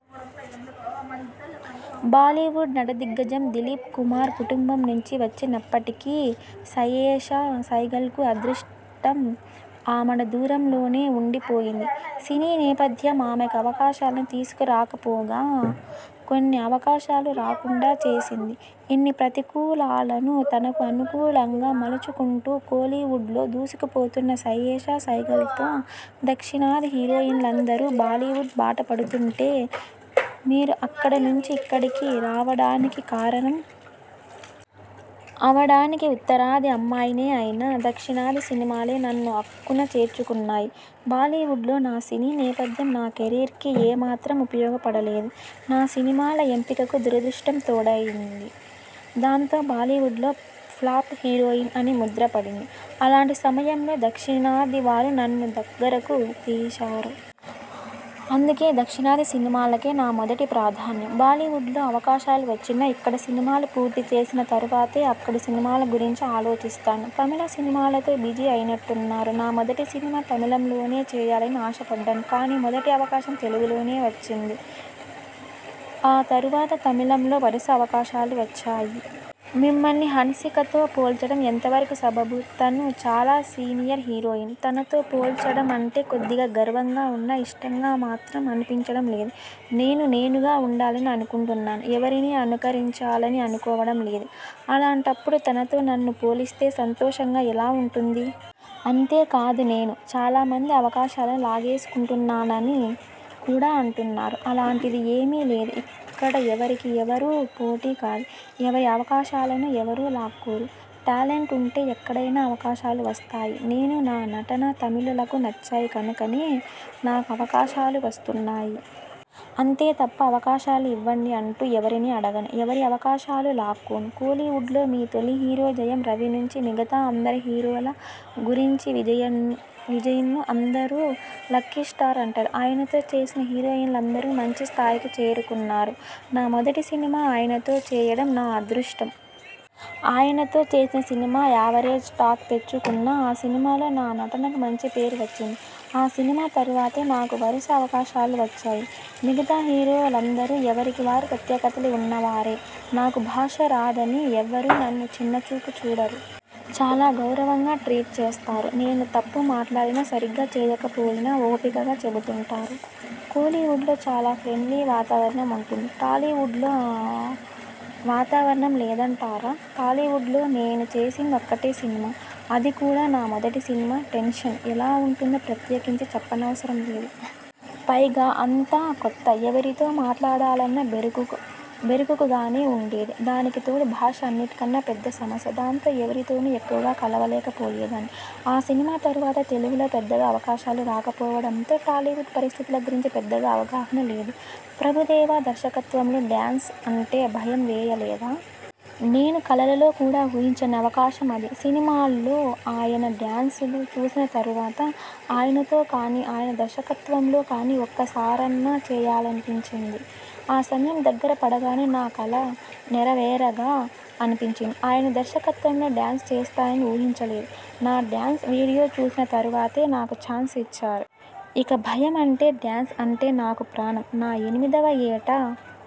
బాలీవుడ్ నటదిగ్గజం దిలీప్ కుమార్ కుటుంబం నుంచి వచ్చినప్పటికీ సయేషా సైగల్కు అదృష్టం ఆమడ దూరంలోనే ఉండి పోయింది. సినీ నేపథ్యం ఆమెకు అవకాశాలను తీసుకు రాకపోగా, కొన్ని అవకాశాలు రాకుండా చేసింది. ఇన్ని ప్రతికూలాలను తనకు అనుకూలంగా మలుచుకుంటూ కోలీవుడ్లో దూసుకుపోతున్న సయేషా సైగల్తో దక్షిణాది హీరోయిన్లందరూ బాలీవుడ్ బాట పడుతుంటే మీరు అక్కడ నుంచి ఇక్కడికి రావడానికి కారణం? అవడానికి ఉత్తరాది అమ్మాయినే అయినా దక్షిణాది సినిమాలే నన్ను అక్కున చేర్చుకున్నాయి. బాలీవుడ్లో నా సినీ నేపథ్యం నా కెరీర్కి ఏ మాత్రం ఉపయోగపడలేదు. నా సినిమాల ఎంపికకు దురదృష్టం తోడైంది. దాంతో బాలీవుడ్లో ఫ్లాప్ హీరోయిన్ అని ముద్ర పడింది. అలాంటి సమయంలో దక్షిణాదివారు నన్ను దగ్గరకు తీశారు. అందుకే దక్షిణాది సినిమాలకే నా మొదటి ప్రాధాన్యం. బాలీవుడ్లో అవకాశాలు వచ్చినా, ఇక్కడ సినిమాలు పూర్తిచేసిన తరువాతే అక్కడి సినిమాల గురించి ఆలోచిస్తాను. తమిళ సినిమాలతో బిజీ అయినట్టున్నారు? నా మొదటి సినిమా తమిళంలోనే చేయాలని ఆశపడ్డాను. కానీ మొదటి అవకాశం తెలుగులో వచ్చింది. ఆ తరువాత తమిళంలో వరుస అవకాశాలు వచ్చాయి. మిమ్మల్ని హన్సికతో పోల్చడం ఎంతవరకు సబబు? తను చాలా సీనియర్ హీరోయిన్. తనతో పోల్చడం అంటే కొద్దిగా గర్వంగా ఉన్నా ఇష్టంగా మాత్రం అనిపించడం లేదు. నేను నేనుగా ఉండాలని అనుకుంటున్నాను. ఎవరినీ అనుకరించాలని అనుకోవడం లేదు. అలాంటప్పుడు తనతో నన్ను పోలిస్తే సంతోషంగా ఎలా ఉంటుంది? అంతే కాదునేను చాలామంది అవకాశాలను లాగేసుకుంటున్నానని కూడా అంటున్నారు. అలాంటిది ఏమీ లేదు. ఇక్కడ ఎవరికి ఎవరూ పోటీ కాదు. ఎవరి అవకాశాలనూ ఎవరూ లాక్కోరు. టాలెంట్ ఉంటే ఎక్కడైనా అవకాశాలు వస్తాయి. నేనూ, నా నటనా తమిళులకు నచ్చాయి కనుకనే నాకు అవకాశాలు వస్తున్నాయి. అంతే తప్ప అవకాశాలు ఇవ్వండి అంటూ ఎవరినీ అడగను. ఎవరి అవకాశాలూ లాక్కోను. కోలీవుడ్లో మీ తొలి హీరో జయం రవి నుంచి మిగతా అందరి హీరోల గురించివిజయ్ని అందరూ లక్కీ స్టార్ అంటారు. ఆయనతో చేసిన హీరోయిన్లందరూ మంచి స్థాయికి చేరుకున్నారు. నా మొదటి సినిమా ఆయనతో చేయడం నా అదృష్టం. ఆయనతో చేసిన సినిమా యావరేజ్ టాక్ తెచ్చుకున్నా ఆ సినిమాలో నా నటనకు మంచి పేరు వచ్చింది. ఆ సినిమా తరువాతే నాకు వరుస అవకాశాలు వచ్చాయి. మిగతా హీరోలందరూ ఎవరికి వారు ప్రత్యేకతలు ఉన్నవారే! నాకు భాష రాదనీ ఎవ్వరూ నన్ను చిన్నచూపు చూడరు. చాలా గౌరవంగా ట్రీట్ చేస్తారు. నేను తప్పు మాట్లాడినా, సరిగ్గా చేయకపోయినా ఓపికగా చెబుతుంటారు. కోలీవుడ్లో చాలా ఫ్రెండ్లీ వాతావరణం ఉంటుంది. టాలీవుడ్లో ఆ వాతావరణం లేదంటారా? టాలీవుడ్లో నేను చేసింది ఒక్కటే సినిమా. అది కూడా నా మొదటి సినిమా. టెన్షన్ ఎలా ఉంటుందో ప్రత్యేకించి చెప్పనవసరం లేదు. పైగా అంతా కొత్త. ఎవరితో మాట్లాడాలన్నా బెరుకుగానే ఉండేది. దానికి తోడు భాష అన్నిటికన్నా పెద్ద సమస్య. దాంతో ఎవరితోనూ ఎక్కువగా కలవలేకపోయేదాన్ని. ఆ సినిమా తరువాత తెలుగులో పెద్దగా అవకాశాలు రాకపోవడంతో టాలీవుడ్ పరిస్థితుల గురించి పెద్దగా అవగాహన లేదు. ప్రభుదేవా దర్శకత్వంలో డ్యాన్స్ అంటే భయం వేయలేదా? నేను కలలో కూడా ఊహించని అవకాశం అది. సినిమాల్లో ఆయన డ్యాన్సులు చూసిన తరువాత ఆయనతో కానీ, ఆయన దర్శకత్వంలో కానీ ఒక్క సారన్నా చేయాలని అనిపించింది. ఆ సమయం దగ్గర పడగానే 'నా కలనెరవేరెగా' అనిపించింది. ఆయన దర్వకత్వంలో డ్యాన్స్ చేస్తానని ఊహించలేదు. నా డ్యాన్స్ వీడియో చూసిన తరువాతే నాకు ఛాన్స్ ఇచ్చారు. ఇక భయం అంటే డ్యాన్స్ అంటే నాకు ప్రాణం. నా ఎనిమిదవ యేట